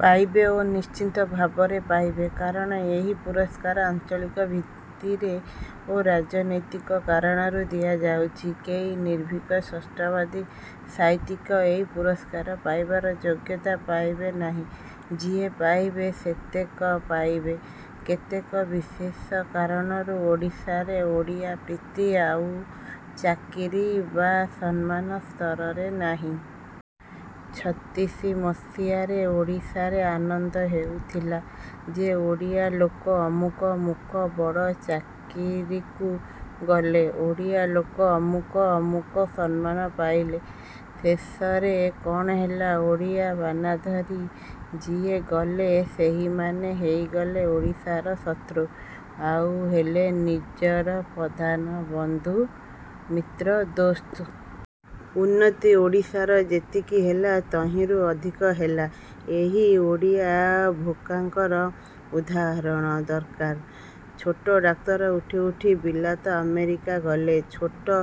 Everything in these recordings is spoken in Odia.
ପାଇବେ ଓ ନିଶ୍ଚିତ ଭାବରେ ପାଇବେ। କାରଣ ଏହି ପୁରସ୍କାର ଆଞ୍ଚଳିକ ଭିତ୍ତିରେ ଓ ରାଜନୈତିକ କାରଣରୁ ଦିଆଯାଉଛି। କେହି ନିର୍ଭୀକ ସ୍ପଷ୍ଟବାଦୀ ସାହିତ୍ୟିକ ଏହି ପୁରସ୍କାର ପାଇବାର ଯୋଗ୍ୟତା ପାଇବେ ନାହିଁ। ଯିଏ ପାଇବେ ସେତକ ପାଇବେ କେତେକ ବିଶେଷ କାରଣରୁ। ଓଡ଼ିଶାରେ ଓଡ଼ିଆ ପ୍ରୀତି ଆଉ ଚାକିରି ବା ସମ୍ମାନ ସ୍ତରରେ ନାହିଁ। ଛତିଶି ମସିହାରେ ଓଡ଼ିଶାରେ ଆନନ୍ଦ ହେଉଥିଲା ଯେ ଓଡ଼ିଆ ଲୋକ ଅମୁକ ମୁକ ବଡ଼ ଚାକିରୀକୁ ଗଲେ। ଓଡ଼ିଆ ଲୋକ ଅମୁକ ଅମୁକ ସମ୍ମାନ ପାଇଲେ। ଶେଷରେ କ'ଣ ହେଲା? ଓଡ଼ିଆ ବାନାଧରି ଯିଏ ଗଲେ ସେହିମାନେ ହେଇଗଲେ ଓଡ଼ିଶାର ଶତ୍ରୁ। ଆଉ ହେଲେ ନିଜର ପ୍ରଧାନ ବନ୍ଧୁ–ମିତ୍ର–ଦୋସ୍ତ। ଉନ୍ନତି ଓଡ଼ିଶାର ଯେତିକି ହେଲା ତହିଁରୁ ଅଧିକ ହେଲା ଏହି ଓଡ଼ିଆ–ଭେକାଙ୍କର। ଉଦାହରଣ ଦରକାର। ଛୋଟ ଡାକ୍ତର ଉଠି ଉଠି ବିଲାତ ଆମେରିକା ଗଲେ। ଛୋଟ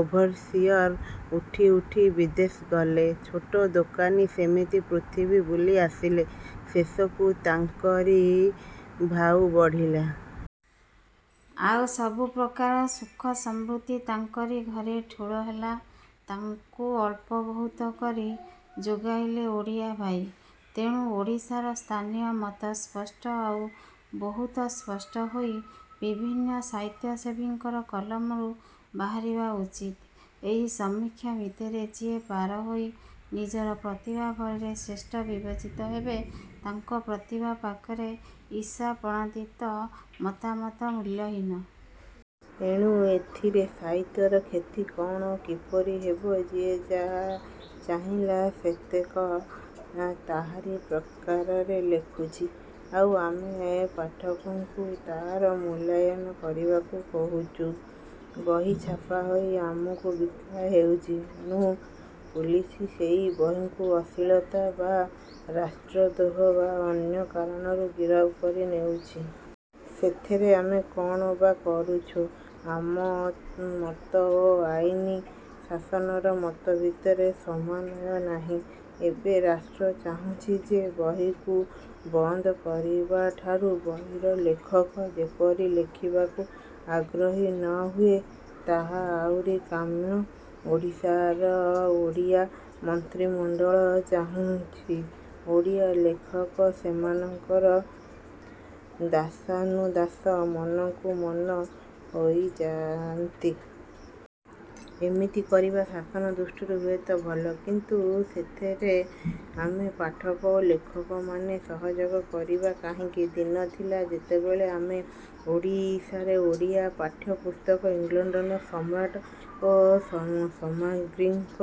ଓଭରସିଅର ଉଠି ଉଠି ବିଦେଶ ଗଲେ। ଛୋଟ ଦୋକାନୀ ସେମିତି ପୃଥିବୀ ବୁଲି ଆସିଲେ। ଶେଷକୁ ତାଙ୍କରି ଭାଉ ବଢ଼ିଲା। ଆଉ ସବୁ ପ୍ରକାରର ସୁଖ ସମୃଦ୍ଧି ତାଙ୍କରି ଘରେ ଠୁଳ ହେଲା–ତାକୁ ଅଳ୍ପ ବହୁତ କରି ଯୋଗାଇଲେ ଓଡ଼ିଆ ଭାଇ। ତେଣୁ ଓଡ଼ିଶାର ସ୍ଥାନୀୟ ମତ ସ୍ପଷ୍ଟ ଆଉ ବହୁତ ସ୍ପଷ୍ଟ ହୋଇ ବିଭିନ୍ନ ସାହିତ୍ୟସେବୀଙ୍କର କଲମରୁ ବାହାରିବା ଉଚିତ୍। ଏହି ସମୀକ୍ଷା ଭିତରେ ଯିଏ ପାର ହୋଇ ନିଜର ପ୍ରତିଭା ବଳରେ ଶ୍ରେଷ୍ଠ ବିବେଚିତ ହେବେ ତାଙ୍କର ପ୍ରତିଭା ପାଖରେ ଈଷାପ୍ରଣୋଦିତ ମତାମତ ମୂଲ୍ୟହୀନ। ତେଣୁ ଏଥିରେ ସାହିତ୍ୟର କ୍ଷତି କ'ଣ ଓ କିପରି ହେବ? ଯିଏ ଯାହା ଚାହିଁଲା ସେତକ ତାହାରି ପ୍ରକାରରେ ଲେଖୁଛି ଆଉ ଆମେ ପାଠକଙ୍କୁ ତାହାର ମୂଲ୍ୟାୟନ କରିବାକୁ କହୁଛି। ବହି ଛାପା ହୋଇ ଆମକୁ ବିକା ହେଉଛି। ଏଣେ ପୁଲିସ ସେହି ବହିକୁ ଅଶ୍ଳୀଳତା ବା ରାଷ୍ଟ୍ରଦ୍ରୋହ ବା ଅନ୍ୟ କାରଣରୁ ଗିରଫ କରି ନେଉଛି। ସେଥିରେ ଆମେ କ'ଣ ବା କରୁଛୁ? ଆମ ମତ ଓ ଆଇନ ଶାସନର ମତ ଭିତରେ ସମନ୍ୱୟ ନାହିଁ। ଏବେ ରାଷ୍ଟ୍ର ଚାହୁଁଛି ଯେ ବହିକୁ ବନ୍ଦ କରିବାଠାରୁ ବହିର ଲେଖକ ଯେପରି ଲେଖିବାକୁ ଆଗ୍ରହୀ ନ ହୁଏ–ତାହା ଆଉରି କାମ୍ୟ। ଓଡ଼ିଶାର ଓଡ଼ିଆ ମନ୍ତ୍ରୀମଣ୍ତଳ ଚାହୁଁଛି ଓଡ଼ିଆ ଲେଖକ ସେମାନଙ୍କର ଦାସାନୁଦାସ ମନକୁ ମନ ହୋଇଯାନ୍ତୁ। ଏମିତି କରିବା ଶାସନ ଦୃଷ୍ଟିରୁ ହୁଏ ତ ଭଲ-। କିନ୍ତୁ ସେଥିରେ ଆମେ ପାଠକ ଓ ଲେଖକମାନେ ସହଯୋଗ କରିବା କାହିଁକି? ଦିନଥିଲା ଯେତେବେଳେ ଆମେ ଓଡ଼ିଶାରେ ଓଡ଼ିଆ ପାଠ୍ୟପୁସ୍ତକରେ ଇଂଲଣ୍ତର ସମ୍ରାଟ୍ ଓ ସାମ୍ରାଜ୍ଞୀଙ୍କ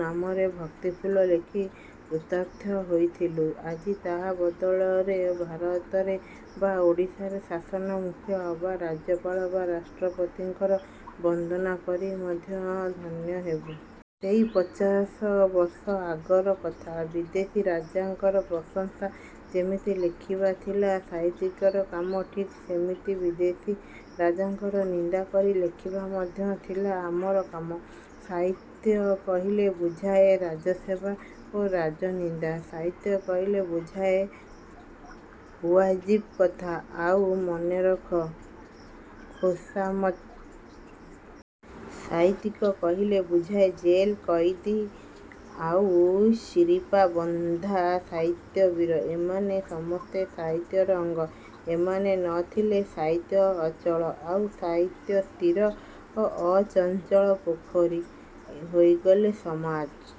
ନାମରେ ଭକ୍ତିଫୁଲ ଲେଖି କୃତାର୍ଥ ହୋଇଥିଲୁ। ଆଜି ତାହା ବଦଳରେ ଭାରତରେ ବା ଓଡ଼ିଶାର ଶାସନ ମୁଖ୍ୟ ଅବା ରାଜ୍ୟପାଳ ବା ରାଷ୍ଟ୍ରପତିଙ୍କର ବନ୍ଦନା କରି ମଧ୍ୟ ଧନ୍ୟ ହେବୁ। ସେହି ପଚାଶବର୍ଷ ଆଗର କଥା। ବିଦେଶୀ ରାଜାଙ୍କର ପ୍ରଶଂସା ଯେମିତି ଲେଖିବା ଥିଲା ସାହିତ୍ୟିକର କାମ, ଠିକ୍ ସେମିତି ବିଦେଶୀ ରାଜାଙ୍କର ନିନ୍ଦା କରି ଲେଖିବା ମଧ୍ୟ ଥିଲା ଆମର କାମ। ସାହିତ୍ୟ କହିଲେ ବୁଝାଏ ରାଜସେବା ଓ ରାଜନିନ୍ଦା। ସାହିତ୍ୟ କହିଲେ ବୁଝାଏ ଉଆଜିବ୍ କଥା ଆଉ ମନରଖା ଖୋସାମଦ୍। ସାହିତ୍ୟିକ କହିଲେ ବୁଝାଏ ଜେଲ କଏଦୀ ଆଉ ଶିରିପା ବନ୍ଧା ସାହିତ୍ୟ ବୀର। ଏମାନେ ସମସ୍ତେ ସାହିତ୍ୟର ଅଙ୍ଗ। ଏମାନେ ନ ଥିଲେ ସାହିତ୍ୟ ଅଚଳ। ଆଉ ସାହିତ୍ୟ ସ୍ଥିର ଓ ଅଚଞ୍ଚଳ ପୋଖରୀ ହେଇଗଲେ ସମାଜ